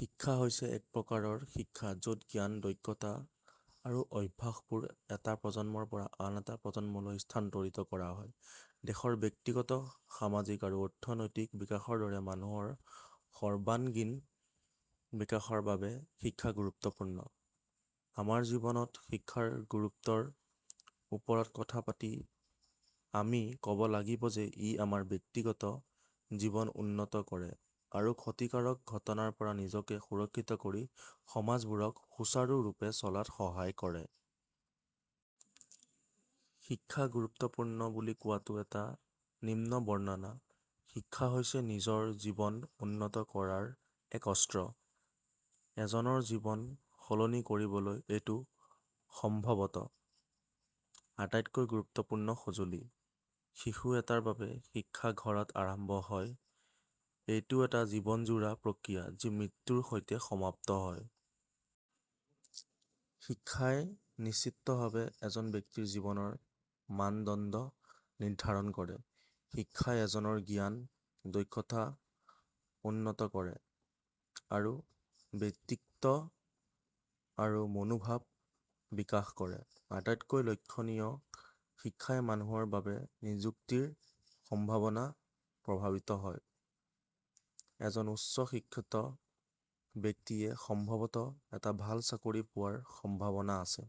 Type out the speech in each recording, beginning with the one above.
শিক্ষা হৈছে এক প্ৰকাৰৰ শিক্ষা য'ত জ্ঞান, দক্ষতা আৰু অভ্যাসবোৰ এটা প্ৰজন্মৰ পৰা আন এটা প্ৰজন্মলৈ স্থানান্তৰিত কৰা হয়। দেশৰ ব্যক্তিগত, সামাজিক আৰু অৰ্থনৈতিক বিকাশৰ দৰে মানুহৰ সৰ্বাঙ্গীন বিকাশৰ বাবে শিক্ষা গুৰুত্বপূৰ্ণ। আমাৰ জীৱনত শিক্ষাৰ গুৰুত্বৰ ওপৰত কথা পাতি আমি ক'ব লাগিব যে ই আমাৰ ব্যক্তিগত জীৱনউন্নত কৰে আৰু ক্ষতিকাৰক ঘটনাৰ পৰা নিজকে সুৰক্ষিত কৰি সমাজবোৰক সুচাৰুৰূপে চলাত সহায় কৰে। শিক্ষা গুৰুত্ব পূৰ্ণ বুলি কোৱাটো এটা নিম্নবৰ্ণনা। শিক্ষা হৈছে নিজৰ জীৱন উন্নত কৰাৰ এক অস্ত্ৰ। এজনৰ জীৱন সলনি কৰিবলৈ এইটো সম্ভৱতঃ আটাইতকৈ গুৰুত্বপূৰ্ণ সঁজুলি। শিশুএটাৰ বাবে শিক্ষা ঘৰত আৰম্ভ হয়। এইটো এটা জীৱনজোৰা প্ৰক্ৰিয়া যি মৃত্যুৰ সৈতে সমাপ্ত হয়। শিক্ষাই নিশ্চিতভাৱে এজন ব্যক্তিৰ জীৱনৰ মানদণ্ড নিৰ্ধাৰণ কৰে। শিক্ষাই এজনৰ জ্ঞান, দক্ষতা উন্নত কৰে আৰু ব্যক্তিত্ব আৰু মনোভাৱ বিকাশ কৰে। আটাইতকৈ লক্ষণীয়, শিক্ষাই মানুহৰ বাবে নিযুক্তিৰ সম্ভাৱনা প্ৰভাৱিত কৰে। এজন উচ্চ শিক্ষিত ব্যক্তিয়ে সম্ভৱতঃ এটা ভাল চাকৰি পোৱাৰ সম্ভাৱনা আছে।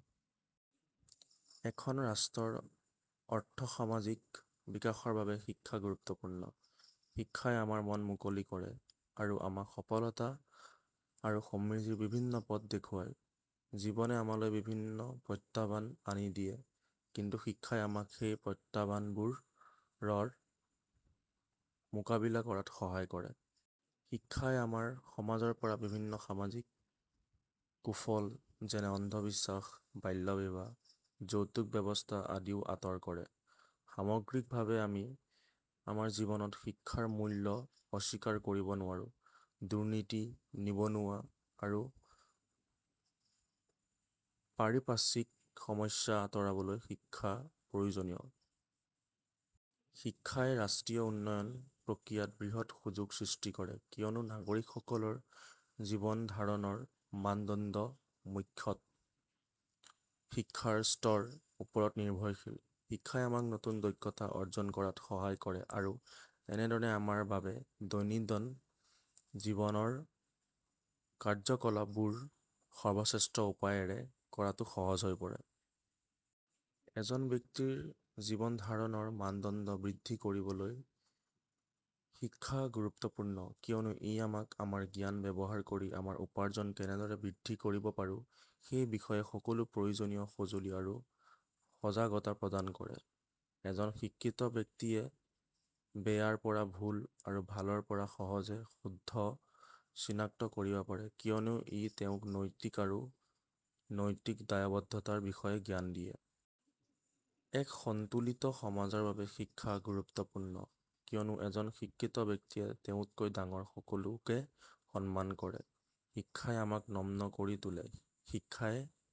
এখন ৰাষ্ট্ৰৰ আৰ্থ-সামাজিক বিকাশৰ বাবে শিক্ষা গুৰুত্বপূৰ্ণ। শিক্ষাই আমাৰ মন মুকলি কৰে আৰু আমাক সফলতা আৰু সমৃদ্ধিৰ বিভিন্ন পথ দেখুৱায়। জীৱনে আমালৈ বিভিন্ন প্ৰত্যাহ্বান আনিদিয়ে। কিন্তু শিক্ষাই আমাক সেই প্ৰত্যাহ্বানবোৰৰ মোকাবিলা কৰাত সহায় কৰে। শিক্ষাই আমাৰ সমাজৰ পৰা বিভিন্ন সামাজিক কুফল যেনে অন্ধবিশ্বাস, বাল্য বিবাহ, যৌতুক ব্যৱস্থা আদিও আঁতৰ কৰে। সামগ্ৰিকভাৱে, আমি আমাৰ জীৱনত শিক্ষাৰ মূল্য অস্বীকাৰ কৰিব নোৱাৰো। দুৰ্নীতি, নিবনুৱা আৰু পাৰিপাৰ্শ্বিক সমস্যা আঁতৰাবলৈ, শিক্ষা প্ৰয়োজনীয়। শিক্ষাই ৰাষ্ট্ৰীয় উন্নয়ন প্ৰক্ৰিয়াত বৃহৎ সুযোগ সৃষ্টি কৰে কিয়নো নাগৰিকসকলৰ জীৱনধাৰণৰ মানদণ্ড মুখ্যতঃ শিক্ষাৰ স্তৰৰ ওপৰত নিৰ্ভৰশীল। শিক্ষাই আমাক নতুন দক্ষতা অৰ্জন কৰাত সহায় কৰে আৰু এনেদৰে আমাৰ বাবে আমাৰ দৈনন্দিন জীৱনৰ কাৰ্যকলাপবোৰ সৰ্বশ্ৰেষ্ঠ উপায়েৰে কৰাটো সহজ হৈ পৰে। এজন ব্যক্তিৰ জীৱনধাৰণৰ মানদণ্ড বৃদ্ধি কৰিবলৈ শিক্ষা গুৰুত্বপূৰ্ণ কিয়নো ই আমাক আমাৰ জ্ঞান ব্যৱহাৰ কৰি আমাৰ উপাৰ্জন কেনেদৰে বৃদ্ধি কৰিব পাৰোঁ সেই বিষয়ে সকলো প্ৰয়োজনীয় সঁজুলি আৰু সজাগতা প্ৰদান কৰে। এজন শিক্ষিত ব্যক্তিয়ে বেয়াৰ পৰা ভুল আৰু ভালৰ পৰা সহজে শুদ্ধ চিনাক্ত কৰিব পাৰে কিয়নো ই তেওঁক নৈতিক আৰু নৈতিক দায়বদ্ধতাৰ বিষয়ে জ্ঞান দিয়ে। এক সন্তুলিত সমাজৰ বাবে শিক্ষা গুৰুত্বপূৰ্ণ কিয়নো এজন শিক্ষিত ব্যক্তিয়ে তেওঁতকৈ ডাঙৰ সকলোকে সন্মান কৰে। শিক্ষাই আমাক নম্ৰ কৰি তোলে। শিক্ষাই